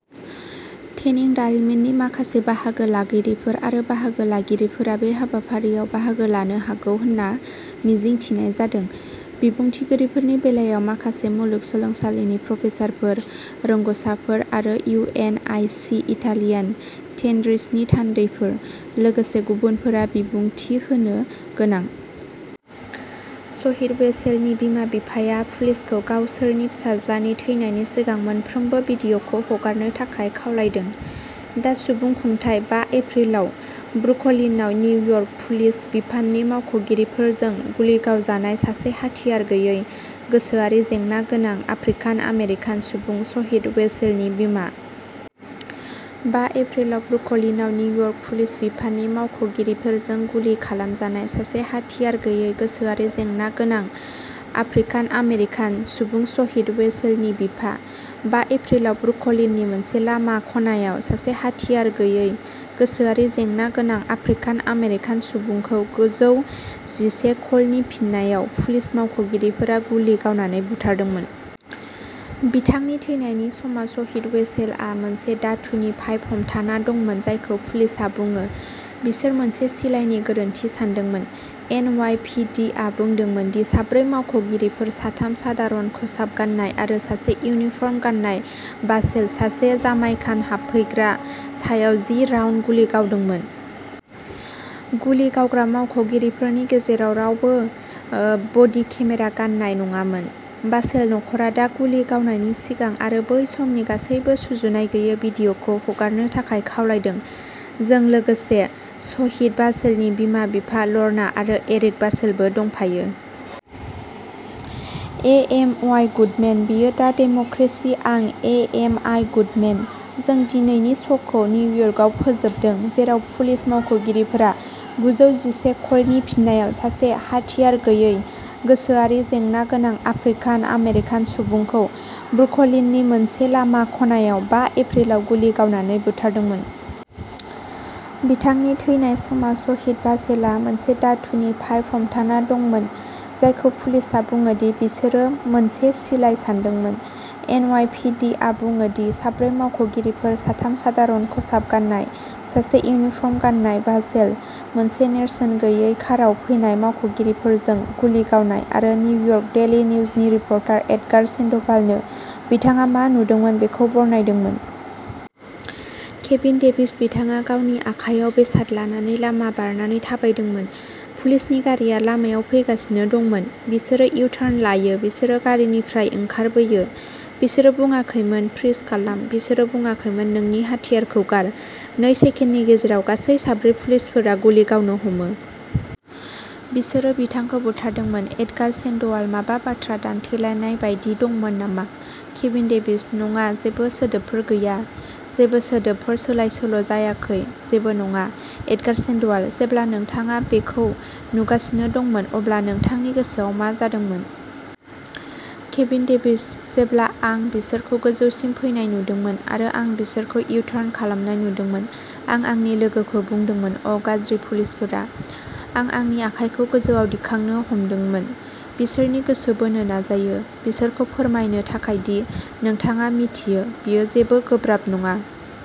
टेनिं दारिमिननि माखासे बाहागो लागिरिफोर आरो बाहागो लागिरिफोरा बे हाबाफारियाव बाहागो लानो हागौ होनना मिजिं थिनाय जादों। बिबुंथिगिरिफोरनि बेलायाव, माखासे मुलुगसोलोंसालिनि प्रफेसारफोर, रोंग'साफोर आरो इउ. एन. आइ. सि.-इटालियान टेनरिसनि थान्दैफोर, लोगोसे गुबुनफोरा बिबुंथि होनो गोनां। शहीद अवेसेलनि बिमा-बिफाया पुलिसखौ गावसोरनि फिसाज्लानि थैनायनि सिगां मोनफ्रोमबो भिडिअखौ हगारनो थाखाय खावलायदों। दा सुबुंखुंथाइ बा एप्रिलाव ब्रुकलिनआव निउयर्क पुलिस बिफाननि मावख'गिरिफोरजों गुलि गावजानाय सासे हाथियार गैयै, गोसोआरि जेंना गोनां आफ्रिकान-आमेरिकान सुबुं शहीद अवेसेलनि बिमा। बा एप्रिलाव ब्रुकलिनआव निउयर्क पुलिस बिफाननि मावख'गिरिफोरजों गुलि खालामजानाय सासे हाथियार गैयै, गोसोआरि जेंना गोनां आफ्रिकान-आमेरिकान सुबुं शहीद अवेसेलनि बिफा। बा एप्रिलाव ब्रुकलिननि मोनसे लामा खनायाव सासे हाथियार गैयै, गोसोआरि जेंना गोनां आफ्रिकान-आमेरिकान सुबुंखौ गुजौ जिसे कलनि फिननायाव पुलिस मावख'गिरिफोरा गुलि गावनानै बुथारदोंमोन। बिथांनि थैनायनि समाव, शहीद अवेसेलआ मोनसे धातुनि पाइप हमथाना दंमोन जायखौ पुलिसआ बुङो। बिसोर मोनसे सिलाइखौ गोरोन्थि सानदोंमोन। एन. अवाइ. पि. दि. आ बुंदोंमोन दि साब्रै मावख'गिरिफोर-साथाम सादारन खसाब गान्नाय आरो सासे इउनिफर्म गाननाय-भासेल, सासे जामाइकान हाबफैग्रा, सायाव जि राउन्ड गुलि गावदोंमोन। गुलि गावग्रा मावख'गिरिफोरनि गेजेराव रावबो ओ बडि केमेरा गाननाय नङामोन। भासेल नखरा दा गुलि गावनायनि सिगां आरो बै समनि गासैबो सुजुनाय गैयै भिडिअखौ हगारनो थाखाय खावलायदों। जों लोगोसे सहिद भासेलनि बिमा-बिफा, ल'रना आरो एरिक भासेलबो दंफायो। ए. एम. अवाइ. गुडमेन बेयो दा डेम'क्रेसि आं ए. एम. आइ. गुडमेन। जों दिनैनि श'खौ निउयर्कआव फोजोबदों, जेराव पुलिस मावख'गिरिफोरा गुजौ जिसे कलनि फिननायाव सासे हाथियार गैयै, गोसोआरि जेंना गोनां आफ्रिकान-आमेरिकान सुबुंखौ ब्रुकलिननि मोनसे लामा खनायाव बा एप्रिलाव गुलि गावनानै बुथारदोंमोन। बिथांनि थैनायनि समाव, सहिद भासेलआ मोनसे धातुनि पाइप हमथाना दंमोन जायखौ पुलिसआ बुङो दि बिसोरो मोनसे सिलाइ सानदोंमोन। एन. अवाइ. पि. दि. आ बुङो दि साब्रै मावख'गिरिफोर-साथाम सादारन खसाब गान्नाय, सासे इउनिफर्म गाननाय-भासेल, मोनसे नेरसोन गैयै कारआव फैनाय मावख'गिरिफोरजों गुलि गावनाय, आरो निउयर्क डेइलि निउजनि रिपर्टार एडगार सेन्ड'भालनो बिथाङा मा नुदोंमोन बेखौ बरनायदोंमोन। केभिन डेभिस बिथाङा गावनि आखायाव बेसाद लानानै लामा बारनानै थाबायदोंमोन। पुलिसनि गारिआ लामायाव फैगासिनो दंमोन। बिसोरो इउ-टार्न लायो बिसोरो गारिनिफ्राय ओंखारबोयो। बिसोरो बुङाखैमोन, "फ्रिज खालाम।" बिसोरो बुङाखैमोन, "नोंनि हाथियारखौ गार।" नै सेकेन्डनि गेजेराव, गासै साब्रै पुलिसफोरा गुलि गावनो हमो। बिसोरो बिथांखौ बुथारदोंमोन। एडगार सेन्ड'वाल माबा बाथ्रा दान्थेलायनाय बायदि दंमोन नामा? केभिन डेभिस नङा, जेबो सोदोबफोर गैया। जेबो सोदोबफोर सोलाय-सोल'जायाखै। जेबो नङा। एडगार सेन्ड'वाल जेब्ला नोंथाङा बेखौ नुगासिनो दंमोन, अब्ला नोंथांनि गोसोआव मा जादोंमोन? केभिन डेभिस जेब्ला आं बिसोरखौ गोजौसिम फैनाय नुदोंमोन आरो आं बिसोरखौ इउ-टार्न खालामनाय नुदोंमोन, आं आंनि लोगोखौ बुंदोंमोन, "अ, गाज्रि पुलिसफोरा" आं आंनि आखाइखौ गोजौआव दिखांनो हमदोंमोन, बिसोरनि गोसो बोनो नाजायो, बिसोरखौ फोरमायनो थाखाय दि, नोंथाङा मिथियो, बेयो जेबो गोब्राब नङा।